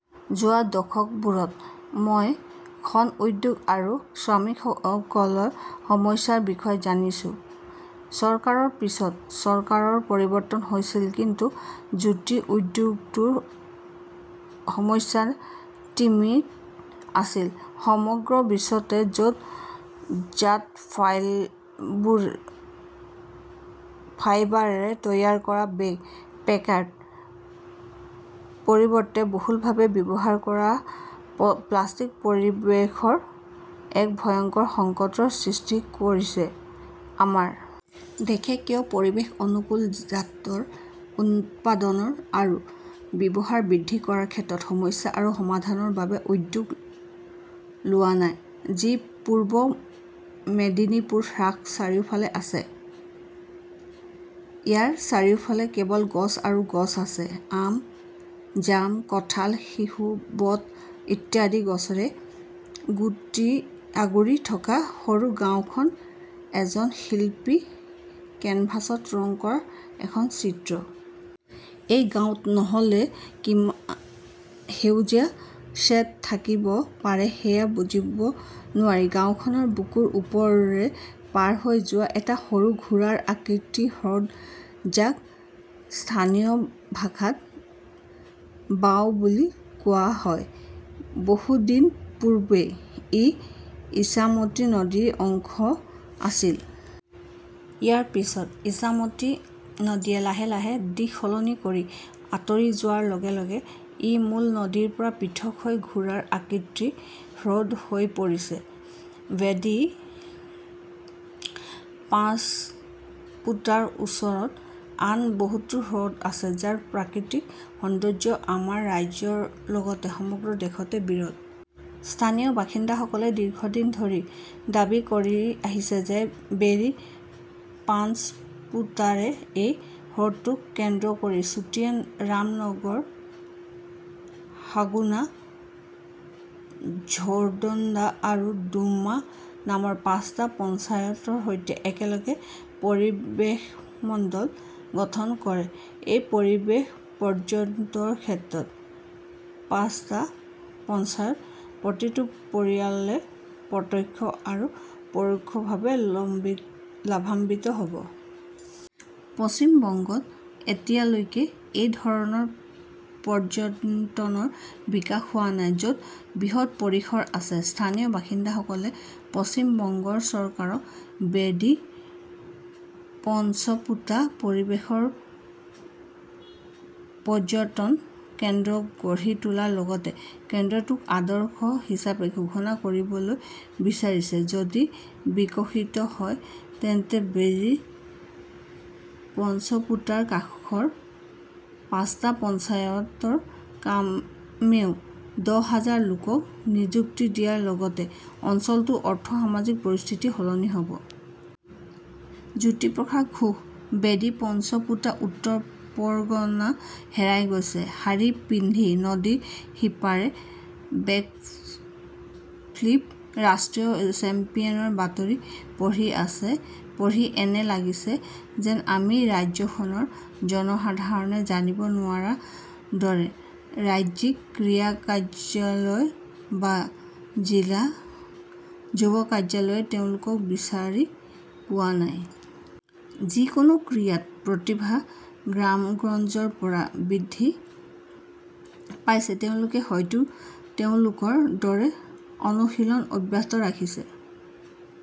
যোৱা দশকবোৰত মই শণ উদ্যোগ আৰু শ্ৰমিকসকলৰ সমস্যাৰ বিষয়ে জানিছোঁ। চৰকাৰৰ পিছত চৰকাৰ পৰিৱৰ্তন হৈছিল কিন্তু জুটি উদ্যোগটোৰ সমস্যা তিমিত আছিল। সমগ্ৰ বিশ্বতে য'ত জাট ফাইবাৰেৰে তৈয়াৰ কৰা বেগ, পেকেট পৰিৱৰ্তে বহুলভাৱে ব্যৱহাৰ কৰা প্লাষ্টিক পৰিৱেশৰ এক ভয়ংকৰ সংকটৰ সৃষ্টি কৰিছে। আমাৰ--- দেশে কিয় পৰিৱেশ-অনুকূল জাটৰ উৎপাদন আৰু ব্যৱহাৰ বৃদ্ধি কৰাৰ ক্ষেত্ৰত সমস্যা আৰু সমাধানৰ বাবে উদ্যোগ লোৱা নাই? যি পূৰ্ব মেদিনীপুৰ হ্ৰাস চাৰিওফালে আছে। ইয়াৰ চাৰিওফালে কেৱল গছ আৰু গছ আছে। আম, জাম, কাঁঠাল, শিশু, বট ইত্যাদি গছৰে আগুৰি থকা সৰু গাওঁখন এজন শিল্পীৰ কেনভাছত ৰং কৰা এখন চিত্ৰ। এই গাঁৱত নহ'লে কিমা সেউজীয়া শ্বেড থাকিব পাৰে সেয়া বুজিব নোৱাৰি। গাওঁখনৰ বুকুৰ ওপৰেৰে পাৰ হৈ যোৱা এটা সৰু ঘোঁৰাৰ আকৃতিৰ হ্ৰদ, যাক স্থানীয় ভাষাত বাওৰ বুলি কোৱা হয়। বহু দিন পূৰ্বে ই ইছামতী নদীৰ অংশ আছিল। ইয়াৰ পিছত ইছামতী নদীয়ে লাহে- লাহে দিশ সলনি কৰি আঁতৰি যোৱাৰ লগে -লগে ই মূল নদীৰ পৰা পৃথক হৈ ঘোঁৰাৰ আকৃতিৰ হ্ৰদ হৈ পৰিছে। বেডী পাঞ্চপোটাৰ ওচৰত আন বহুতো হ্ৰদ আছে, যাৰ প্ৰাকৃতিক সৌন্দৰ্য আমাৰ ৰাজ্যৰ লগতে সমগ্ৰ দেশতে বিৰল। স্থানীয় বাসিন্দাসকলে দীৰ্ঘদিন ধৰি দাবী কৰি আহিছে যে বেৰী-পাঞ্চপোটাৰে এই হ্ৰদটোক কেন্দ্ৰ কৰি চুটিয়া, ৰামনগৰ, সাগুনা, ঝৌডঙ্গা আৰু ডুমা নামৰ পাঁচটা পঞ্চায়তৰ সৈতে একেলগে পৰিৱেশমণ্ডল গঠন কৰে। এনে পৰিৱেশ পৰ্যটৰ ক্ষেত্ৰত পাঁচটা পঞ্চায়তৰ প্ৰতিটো পৰিয়ালে প্ৰত্যক্ষ আৰু পৰোক্ষভাৱে লাভান্বিত হ'ব। পশ্চিম বংগত এতিয়ালৈকে এই ধৰণৰ পৰ্যটনৰ বিকাশ হোৱা নাই, য'ত বৃহৎ পৰিসৰ আছে। স্থানীয় বাসিন্দাসকলে পশ্চিম বংগ চৰকাৰক বেডী-পঞ্চপোটা পৰিৱেশ পৰ্যটন কেন্দ্ৰ গঢ়ি তোলাৰ লগতে কেন্দ্ৰটোক আদৰ্শ হিচাপে ঘোষণা কৰিবলৈ বিচাৰিছে। যদি বিকশিত হয় তেন্তে বেদী পঞ্চপোটাৰ কাষৰ পাঁচটা পঞ্চায়তৰ কামেও দহ হাজাৰ লোকক নিযুক্তি দিয়াৰ লগতে অঞ্চলটোৰ অৰ্থ-সামাজিক পৰিস্থিতি সলনি হ 'ব। জ্যোতিপ্ৰকাশ ঘোষ, বেডী পঞ্চপোটা, উত্তৰ পৰগনা হেৰাই গৈছে। শাৰী পিন্ধি নদীৰ সিপাৰে বেকফ্লিপ ৰাষ্ট্ৰীয় চেম্পিয়নৰ বাতৰি পঢ়ি এনে লাগিছে যেন আমি ৰাজ্যখনৰ জনসাধাৰণে জানিব নোৱাৰাৰ দৰে ৰাজ্যিক ক্ৰীড়া কাৰ্যালয় বা জিলা যুৱ কাৰ্যালয়ে তেওঁলোকক বিচাৰি পোৱা নাই। যিকোনো ক্ৰীড়াত প্ৰতিভা গ্ৰামগঞ্জৰ পৰা বৃদ্ধি পাইছে, তেওঁলোকে হয়তো তেওঁলোকৰ দৰে অনুশীলন অব্যাহত ৰাখিছে।